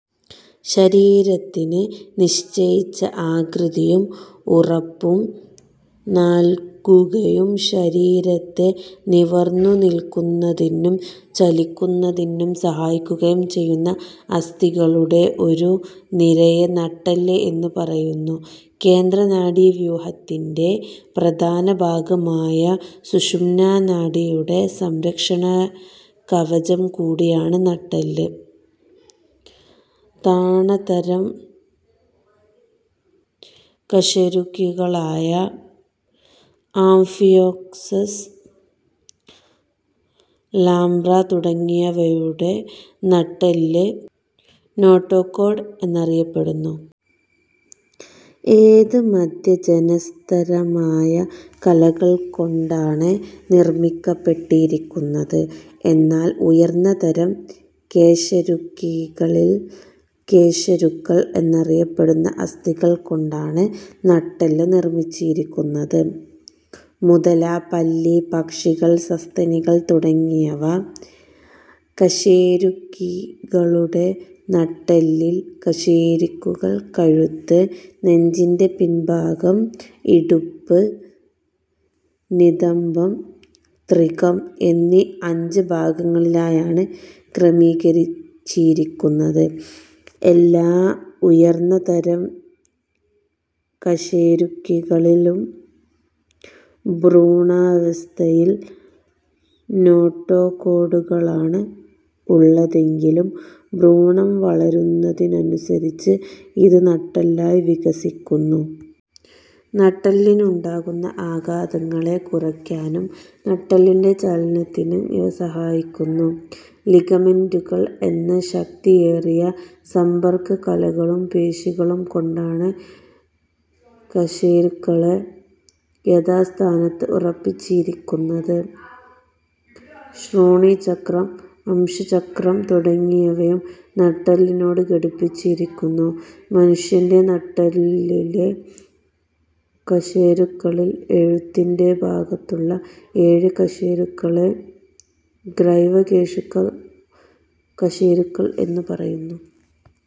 ശരീരത്തിന് നിശ്ചയിച്ച ആകൃതിയും ഉറപ്പും നല്കുകയും ശരീരത്തെ നിവർന്നു നില്ക്കുന്നതിനും ചലിക്കുന്നതിനും സഹായിക്കുകയും ചെയ്യുന്ന അസ്ഥികളുടെ ഒരു നിരയെ നട്ടെല്ല് എന്ന് പറയുന്നു. കേന്ദ്ര നാഡീവ്യൂഹത്തിന്റെ പ്രധാന ഭാഗമായ സുഷുമ്നാ നാഡിയുടെ സംരക്ഷണകവചം കൂടിയാണ് നട്ടെല്ല്. താണതരം കശേരുകികളായ ആംഫിയോക്സസ്, ലാംപ്ര തുടങ്ങിയവയുടെ നട്ടെല്ല് നോട്ടോകോഡ് എന്നറിയപ്പെടുന്നു. ഇത് മധ്യജനസ്തരമായ കലകൾ കൊണ്ടാണ് നിർമ്മിക്കപ്പെട്ടിരിക്കുന്നത്. എന്നാൽ ഉയർന്നതരം കശേരുകികളിൽ കശേരുക്കൾ എന്നറിയപ്പെടുന്ന അസ്ഥികൾ കൊണ്ടാണ് നട്ടെല്ല് നിർമിച്ചിരിക്കുന്നത്. മുതല, പല്ലി, പക്ഷികൾ, സസ്തനികൾ തുടങ്ങിയ കശേരുകികളുടെ നട്ടെല്ലിൽ കശേരുക്കൾ കഴുത്ത്, നെഞ്ചിന്റെ പിൻഭാഗം, ഇടുപ്പ്, നിതംബം, ത്രികം എന്നീ അഞ്ച് ഭാഗങ്ങളിലായാണ് ക്രമീകരിച്ചിരിക്കുന്നത്. എല്ലാ ഉയർന്ന തരം കശേരുകികളിലും ഭ്രൂണാവസ്ഥയിൽ നോട്ടോകോഡുകളാണ് ഉള്ളതെങ്കിലും, ഭ്രൂണം വളരുന്നതനുസരിച്ച് അത് നട്ടെല്ലായി വികസിക്കുന്നു. നട്ടെല്ലിനുണ്ടാകുന്ന ആഘാതങ്ങളെ കുറയ്ക്കാനും നട്ടെല്ലിന്റെ ചലനത്തിനും ഇവ സഹായിക്കുന്നു. ലിഗമെന്റുകൾ എന്ന ശക്തിയേറിയ സമ്പർക്ക കലകളും പേശികളും കൊണ്ടാണ് കശേരുക്കളെ യഥാസ്ഥാനത്ത് ഉറപ്പിച്ചിരിക്കുന്നത്. ശ്രോണീചക്രം, അംശചക്രം തുടങ്ങിയവയും നട്ടെല്ലിനോട് ഘടിപ്പിച്ചിരിക്കുന്നു. മനുഷ്യന്റെ നട്ടെല്ലിലെ കശേരുക്കളിൽ എഴുത്തിന്റെ ഭാഗത്തുള്ള ഏഴ് കശേരുക്കളെ ഗ്രൈവ കശേരുക്കൾ എന്നു പറയുന്നു.